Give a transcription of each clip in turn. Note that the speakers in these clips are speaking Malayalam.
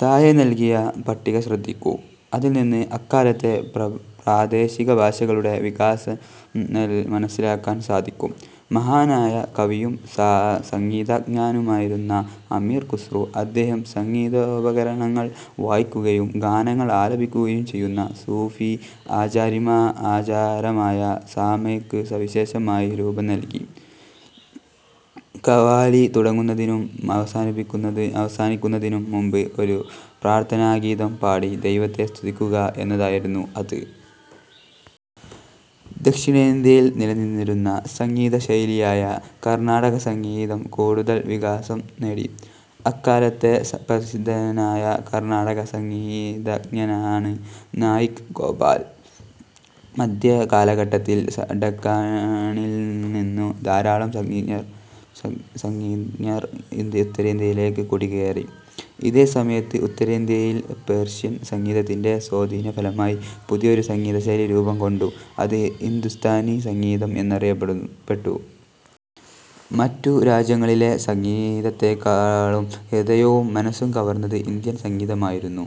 താഴെ നൽകിയ പട്ടിക ശ്രദ്ധിക്കൂ. അതിൽനിന്ന് അക്കാലത്തെ പ്രാദേശികഭാഷകളുടെ വികാസം മനസ്സിലാക്കാൻ സാധിക്കും. മഹാനായ കവിയും സംഗീതമജ്ഞനുമായിരുന്നു അമീർ ഖുസ്രു. അദ്ദേഹം സംഗീതോപകരണങ്ങൾ വായിക്കുകയും ഗാനങ്ങൾ ആലപിക്കുകയും ചെയ്യുന്ന സൂഫീ ആചാരമായ സാമയ്ക്ക് സവിശേഷമായ രൂപം നൽകി. ഖവാലി തുടങ്ങുന്നതിനും അവസാനിക്കുന്നതിനും മുമ്പ് ഒരു പ്രാർഥനാഗീതം പാടി ദൈവത്തെ സ്തുതിക്കുക എന്നതായിരുന്നു അത്. ദക്ഷിണേന്ത്യയിൽ നിലനിന്നിരുന്ന സംഗീതശൈലിയായ കർണാടകസംഗീതം കൂടുതൽ വികാസം നേടി. അക്കാലത്തെ പ്രസിദ്ധനായ കർണാടക സംഗീ തജ്ഞനാണ് നായിക് ഗോപാൽ. മധ്യകാലഘട്ടത്തിൽ ഡക്കാണിൽനിന്നു ധാരാളം സംഗീതജ്ഞർ ഉത്തരേന്ത്യയിലേക്ക് കുടിയേറി. ഇതേസമയത്ത് ഉത്തരേന്ത്യയിൽ പേർഷ്യൻ സംഗീതത്തിന്റെ സ്വാധീനഫലമായി പുതിയൊരു സംഗീതശൈലി രൂപം കൊണ്ടു. അത് ഹിന്ദുസ്ഥാനി സംഗീതം എന്നറിയപ്പെട്ടു. മറ്റു രാജ്യങ്ങളിലെ സംഗീതത്തേക്കാളും ഹൃദയവും മനസ്സും കവർന്നത് ഇന്ത്യൻ സംഗീതമായിരുന്നു.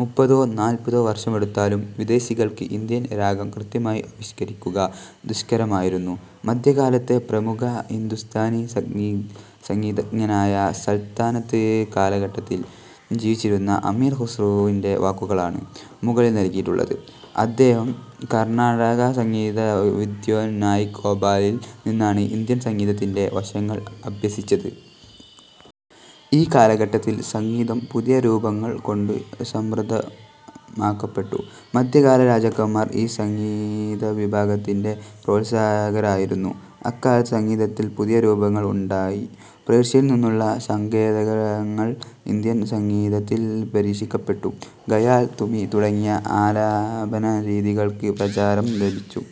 മുപ്പതോ നാൽപതോ വർഷമെടുത്താലും വിദേശികൾക്ക് ഇന്ത്യൻ രാഗം കൃത്യമായി ആവിഷ്കരിക്കുക ദുഷ്കരമായിരുന്നു. മധ്യകാലത്തെ പ്രമുഖ ഹിന്ദുസ്ഥാനി സംഗീതജ്ഞനായ സൽത്തനത്ത് കാലഘട്ടത്തിൽ ജീവിച്ചിരുന്ന അമീർ ഖുസ്രുവിന്റെ വാക്കുകളാണ് മുകളിൽ നൽകിയിട്ടുള്ളത്. അദ്ദേഹം കർണാടകസംഗീത വിദ്വാൻ നായിക് ഗോപാലിൽ നിന്നാണ് ഇന്ത്യൻ സംഗീതത്തിന്റെ വശങ്ങൾ അഭ്യസിച്ചത്. ഈ കാലഘട്ടത്തിൽ സംഗീതം പുതിയ രൂപങ്ങൾ കൊണ്ട് സമൃദ്ധമാക്കപ്പെട്ടു. മധ്യകാല രാജാക്കന്മാർ ഈ സംഗീതവിഭാഗത്തിന്റെ പ്രോത്സാഹകരായിരുന്നു. അക്കാലത്ത് സംഗീതത്തിൽ പുതിയ രൂപങ്ങൾ ഉണ്ടായി. പേർഷ്യയിൽനിന്നുള്ള സങ്കേതങ്ങൾ ഇന്ത്യൻ സംഗീതത്തിൽ പരീക്ഷിക്കപ്പെട്ടു. ഖയാൽ, തുമി തുടങ്ങിയ ആലാപനരീതികൾക്ക് പ്രചാരം ലഭിച്ചു.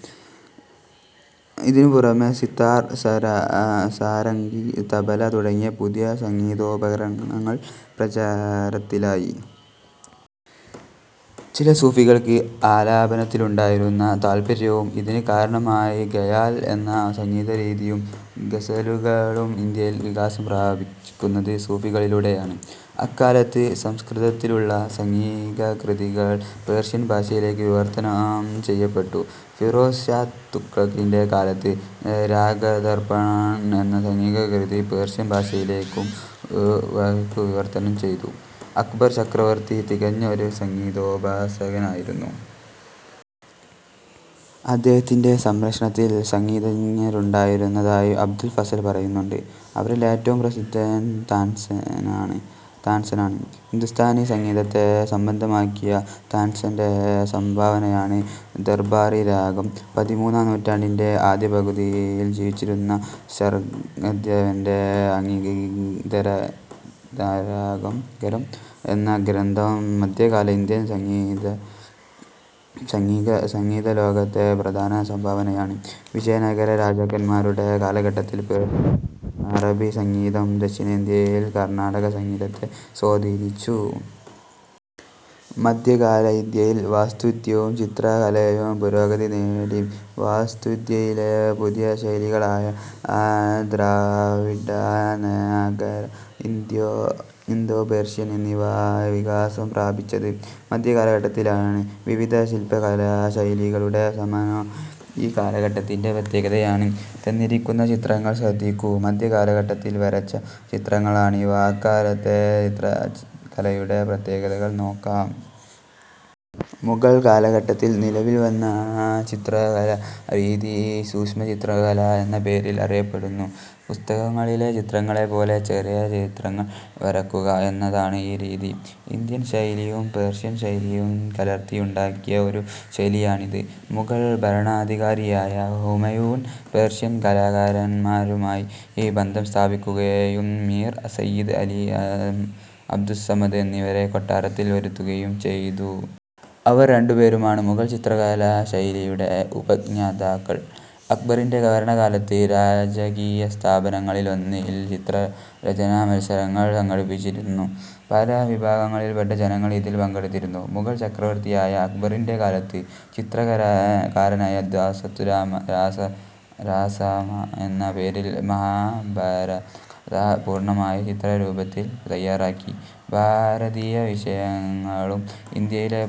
ഇതിനുപുറമെ സിത്താർ, സാരംഗി, തബല തുടങ്ങിയ പുതിയ സംഗീതോപകരണങ്ങൾ പ്രചാരത്തിലായി. ചില സൂഫികൾക്ക് ആലാപനത്തിലുണ്ടായിരുന്ന താൽപ്പര്യവും ഇതിന് കാരണമായി. ഖയാൽ എന്ന സംഗീതരീതിയും ഗസലുകളും ഇന്ത്യയിൽ വികാസം പ്രാപിക്കുന്നത് സൂഫികളിലൂടെയാണ്. അക്കാലത്ത് സംസ്കൃതത്തിലുള്ള സംഗീതകൃതികൾ പേർഷ്യൻ ഭാഷയിലേക്കു വിവർത്തനം ചെയ്യപ്പെട്ടു. ഫിറോസ് ഷാ തുഗ്ലക്കിന്റെ കാലത്ത് രാഗദർപ്പൺ എന്ന സംഗീതകൃതി പേർഷ്യൻ ഭാഷയിലേക്കു വിവർത്തനം ചെയ്തു. അക്ബർ ചക്രവർത്തി തികഞ്ഞ ഒരു സംഗീതോപാസകനായിരുന്നു. അദ്ദേഹത്തിന്റെ സംരക്ഷണത്തിൽ സംഗീതജ്ഞരുണ്ടായിരുന്നതായി അബുൽ ഫസൽ പറയുന്നുണ്ട്. അവരിൽ ഏറ്റവും പ്രസിദ്ധൻ താൻസെനാണ്. ഹിന്ദുസ്ഥാനിസംഗീതത്തെ സമ്പന്നമാക്കിയ താൻസെന്റെ സംഭാവനയാണ് ദർബാറി രാഗം. പതിമൂന്നാം നൂറ്റാണ്ടിന്റെ ആദ്യപകുതിയിൽ ജീവിച്ചിരുന്ന ശാർങ്ഗദേവന്റെ സംഗീതരത്നാകരം എന്ന ഗ്രന്ഥം മധ്യകാല ഇന്ത്യൻ സംഗീതലോകത്തെ പ്രധാന സംഭാവനയാണ്. വിജയനഗര രാജാക്കന്മാരുടെ കാലഘട്ടത്തിൽ പേർഷ്യൻ അറബി സംഗീതം ദക്ഷിണേന്ത്യയിലെ കർണാടകസംഗീതത്തെ സ്വാധീനിച്ചു. മധ്യകാല ഇന്ത്യയിൽ വാസ്തുവിദ്യയും ചിത്ര കലയും പുരോഗതി നേടി. വാസ്തുവിദ്യയിലെ പുതിയ ശൈലികളായ ദ്രാവിഡ, നാഗര, ഇന്തോ പേർഷ്യൻ എന്നിവ വികാസം പ്രാപിച്ചത് മധ്യകാലഘട്ടത്തിലാണ്. വിവിധ ശില്പകലാശൈലികളുടെ സമന്വയം ഈ കാലഘട്ടത്തിന്റെ പ്രത്യേകതയാണ്. തന്നിരിക്കുന്ന ചിത്രങ്ങൾ ശ്രദ്ധിക്കൂ. മധ്യകാലഘട്ടത്തിൽ വരച്ച ചിത്രങ്ങളാണിവ. അക്കാലത്തെ ചിത്രകലയുടെ പ്രത്യേകതകൾ നോക്കാം. മുഗൾ കാലഘട്ടത്തിൽ നിലവിൽ വന്ന ചിത്രകലാരീതി സൂക്ഷ്മചിത്രകല എന്ന പേരിൽ അറിയപ്പെടുന്നു. പുസ്തകങ്ങളിലെ ചിത്രങ്ങളെപ്പോലെ ചെറിയ ചിത്രങ്ങൾ വരയ്ക്കുക എന്നതാണ് ഈ രീതി. ഇന്ത്യൻ ശൈലിയും പേർഷ്യൻ ശൈലിയും കലർത്തിയുണ്ടാക്കിയ ഒരു ശൈലിയാണിത്. മുഗൾ ഭരണാധികാരിയായ ഹുമയൂൺ പേർഷ്യൻ കലാകാരന്മാരുമായി ബന്ധം സ്ഥാപിക്കുകയും മീർ സയ്യിദ് അലി, അബ്ദുസ്സമദ് എന്നിവരെ കൊട്ടാരത്തിൽ വരുത്തുകയും ചെയ്തു. അവർ രണ്ടുപേരുമാണ് മുഗൾ ചിത്രകലാശൈലിയുടെ ഉപജ്ഞാതാക്കൾ. അക്ബറിന്റെ ഭരണകാലത്ത് രാജകീയസ്ഥാപനങ്ങളിലൊന്നിൽ ചിത്ര രചനാമത്സരങ്ങൾ സംഘടിപ്പിച്ചിരുന്നു. പല വിഭാഗങ്ങളിൽപ്പെട്ട ജനങ്ങൾ ഇതിൽ പങ്കെടുത്തിരുന്നു. മുഗൾ ചക്രവർത്തിയായ അക്ബറിന്റെ കാലത്ത് ചിത്രകാരനായ ദസ്വന്ത് രാസാമ എന്ന പേരിൽ മഹാഭാരതകഥ പൂർണമായി ചിത്ര രൂപത്തിൽ തയാറാക്കി. ഭാരതീയ വിഷയങ്ങളും ഇന്ത്യയിലെ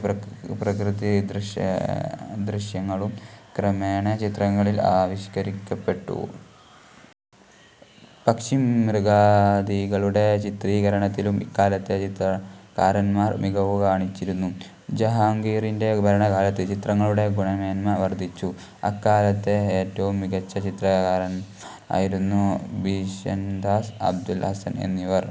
പ്രകൃതിദൃശ്യങ്ങളും ക്രമേണ ചിത്രങ്ങളിൽ ആവിഷ്കരിക്കപ്പെട്ടു. പക്ഷിമൃഗാദികളുടെ ചിത്രീകരണത്തിലും ഇക്കാലത്തെ ചിത്രകാരന്മാർ മികവു കാണിച്ചിരുന്നു. ജഹാംഗീറിന്റെ ഭരണകാലത്ത് ചിത്രങ്ങളുടെ ഗുണമേന്മ വർധിച്ചു. അക്കാലത്തെ ഏറ്റവും മികച്ച ചിത്രകാരന്മാരായിരുന്നു ബിഷൻദാസ്, അബുൽ ഹസൻ എന്നിവർ.